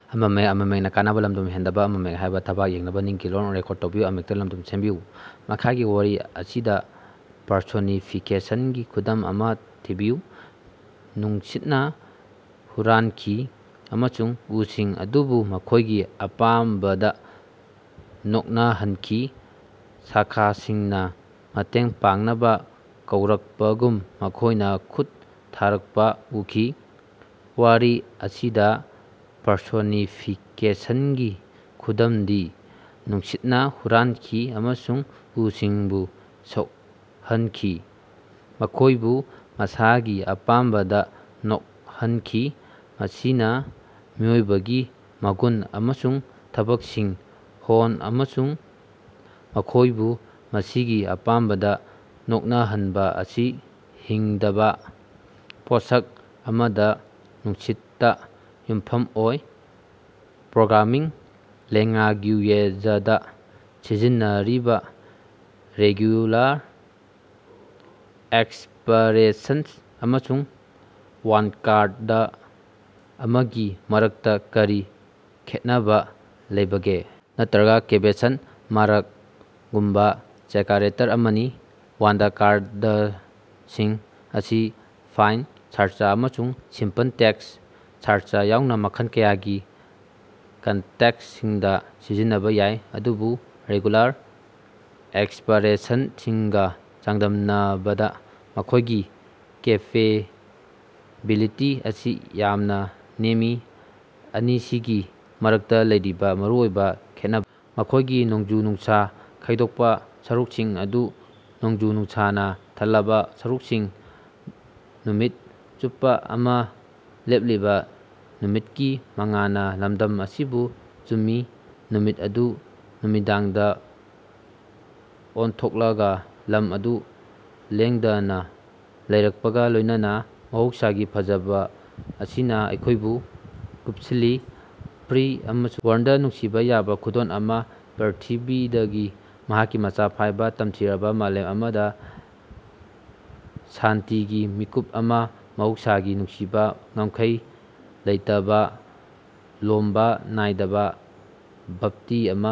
ꯃꯈꯥꯒꯤ ꯋꯥꯔꯤ ꯑꯁꯤꯗ ꯄꯔꯁꯣꯅꯤꯐꯤꯀꯦꯁꯟꯒꯤ ꯈꯨꯗꯝ ꯑꯃꯥ ꯊꯤꯕꯤꯌꯨ꯫ ꯅꯨꯡꯁꯤꯠꯅ ꯍꯨꯔꯥꯟꯈꯤ ꯑꯃꯁꯨꯡ ꯎꯁꯤꯡ ꯑꯗꯨꯕꯨ ꯃꯈꯣꯏꯒꯤ ꯑꯄꯥꯝꯕꯗ ꯅꯣꯛꯅꯍꯟꯈꯤ꯫ ꯁꯥꯈꯥꯁꯤꯡꯅꯥ ꯃꯇꯦꯡ ꯄꯥꯡꯅꯕ ꯀꯧꯔꯛꯄꯒꯨꯝ ꯃꯈꯣꯏꯅ ꯈꯨꯠ ꯊꯥꯔꯛꯄ ꯎꯈꯤ꯫ ꯋꯥꯔꯤ ꯑꯁꯤꯗ ꯄꯔꯁꯣꯅꯤꯐꯤꯀꯦꯁꯟꯒꯤ ꯈꯨꯗꯝꯗꯤ ꯅꯨꯡꯁꯤꯠꯅ ꯍꯨꯔꯥꯟꯈꯤ ꯑꯃꯁꯨꯡ ꯎꯁꯤꯡꯕꯨ ꯁꯣꯛꯍꯟꯈꯤ, ꯃꯈꯣꯏꯕꯨ ꯃꯁꯥꯒꯤ ꯑꯄꯥꯝꯕꯗꯥ ꯅꯣꯛꯍꯟꯈꯤ꯫ ꯃꯁꯤꯅꯥ ꯃꯤꯑꯣꯏꯕꯒꯤ ꯃꯒꯨꯟ ꯑꯃꯁꯨꯡ ꯊꯕꯛꯁꯤꯡ ꯍꯣꯜ ꯑꯃꯁꯨꯡ ꯃꯈꯣꯏꯕꯨ ꯃꯁꯤꯒꯤ ꯑꯄꯥꯝꯕꯗꯥ ꯅꯣꯛꯅꯍꯟꯕ ꯑꯁꯤ ꯍꯤꯡꯗꯕ ꯄꯣꯠꯁꯛ ꯑꯃꯗ, ꯅꯨꯡꯁꯤꯠꯇ ꯌꯨꯝꯐꯝ ꯑꯣꯏ꯫ ꯄ꯭ꯔꯣꯒ꯭ꯔꯥꯃꯤꯡ ꯂꯦꯉ꯭ꯒꯨꯌꯦꯖꯗ ꯁꯤꯖꯤꯟꯅꯔꯤꯕ ꯔꯦꯒꯨꯂꯥꯔ ꯑꯦꯛꯁꯄꯔꯦꯁꯟ ꯑꯃꯁꯨꯡ ꯋꯥꯏꯜꯠꯀꯥꯔꯗ ꯑꯃꯒꯤ ꯃꯔꯛꯇꯥ ꯀꯔꯤ ꯈꯦꯠꯅꯕꯥ ꯂꯩꯕꯒꯦ? ꯅꯠꯇꯔꯒ ꯀ꯭ꯕꯦꯁꯟ ꯃꯥꯔꯛꯒꯨꯝꯕ ꯆꯦꯀꯔꯦꯇꯔ ꯑꯃꯅꯤ꯫ ꯋꯥꯏꯜꯗꯀꯥꯔꯗꯁꯤꯡ ꯑꯁꯤ ꯐꯥꯏꯜ ꯁꯥꯔꯆ ꯑꯃꯁꯨꯡ ꯁꯤꯝꯄꯜ ꯇꯦꯛꯁ ꯁꯥꯔꯆ ꯌꯥꯎꯅ ꯃꯈꯜ ꯀꯌꯥꯒꯤ ꯀꯟꯇꯦꯛꯁꯁꯤꯡꯗ ꯁꯤꯖꯤꯟꯅꯕ ꯌꯥꯏ, ꯑꯗꯨꯕꯨ ꯔꯦꯒꯨꯂꯥꯔ ꯑꯦꯛꯁꯄꯔꯦꯁꯟꯁꯤꯡꯒ ꯆꯥꯡꯗꯝꯅꯕꯗ ꯃꯈꯣꯏꯒꯤ ꯀꯦꯄꯦꯕꯤꯂꯤꯇꯤ ꯑꯁꯤ ꯌꯥꯝꯅꯥ ꯅꯦꯝꯃꯤ꯫ ꯑꯅꯤꯁꯤꯒꯤ ꯃꯔꯛꯇ ꯂꯩꯔꯤꯕ ꯃꯔꯨꯑꯣꯏꯕ ꯈꯦꯠꯅꯕ ꯃꯈꯣꯏꯒꯤ ꯅꯣꯡꯖꯨ-ꯅꯨꯡꯁꯥ ꯈꯥꯏꯗꯣꯛꯄ ꯁꯔꯨꯛꯁꯤꯡ ꯑꯗꯨ ꯅꯣꯡꯖꯨ-ꯅꯨꯡꯁꯥꯅ ꯊꯜꯂꯕ ꯁꯔꯨꯛꯁꯤꯡ꯫ ꯅꯨꯃꯤꯠ ꯆꯨꯞꯄ ꯑꯃꯥ ꯂꯦꯞꯂꯤꯕ ꯅꯨꯃꯤꯠꯀꯤ ꯃꯉꯥꯜꯅ ꯂꯝꯗꯝ ꯑꯁꯤꯕꯨ ꯆꯨꯝꯃꯤ, ꯅꯨꯃꯤꯠ ꯑꯗꯨ ꯅꯨꯃꯤꯗꯥꯡꯗ ꯑꯣꯟꯊꯣꯛꯂꯒ ꯂꯝ ꯑꯗꯨ ꯂꯦꯡꯗꯅꯥ ꯂꯩꯔꯛꯄꯒ ꯂꯣꯏꯅꯅꯥ꯫ ꯃꯍꯧꯁꯥꯒꯤ ꯐꯖꯕꯥ ꯑꯁꯤꯅ ꯑꯩꯈꯣꯏꯕꯨ ꯀꯨꯞꯁꯤꯜꯂꯤ, ꯐ꯭ꯔꯤ ꯑꯃꯁꯨꯡ ꯋꯥꯏꯜꯗ ꯅꯨꯡꯁꯤꯕꯥ ꯌꯥꯕꯥ ꯈꯨꯗꯣꯜ ꯑꯃꯥ, ꯄ꯭ꯔ꯭ꯏꯊꯤꯕꯤꯗꯒꯤ ꯃꯍꯥꯛꯀꯤ ꯃꯆꯥ ꯐꯥꯏꯕ꯫ ꯇꯝꯊꯤꯔꯕ ꯃꯥꯂꯦꯝ ꯑꯃꯗ ꯁꯥꯟꯇꯤꯒꯤ ꯃꯤꯀꯨꯞ ꯑꯃꯥ, ꯃꯍꯧꯁꯥꯒꯤ ꯅꯨꯡꯁꯤꯕꯥ, ꯉꯝꯈꯩ ꯂꯩꯇꯕꯥ, ꯂꯣꯝꯕꯥ ꯅꯥꯏꯗꯕ ꯚꯛꯇꯤ ꯑꯃꯥ꯫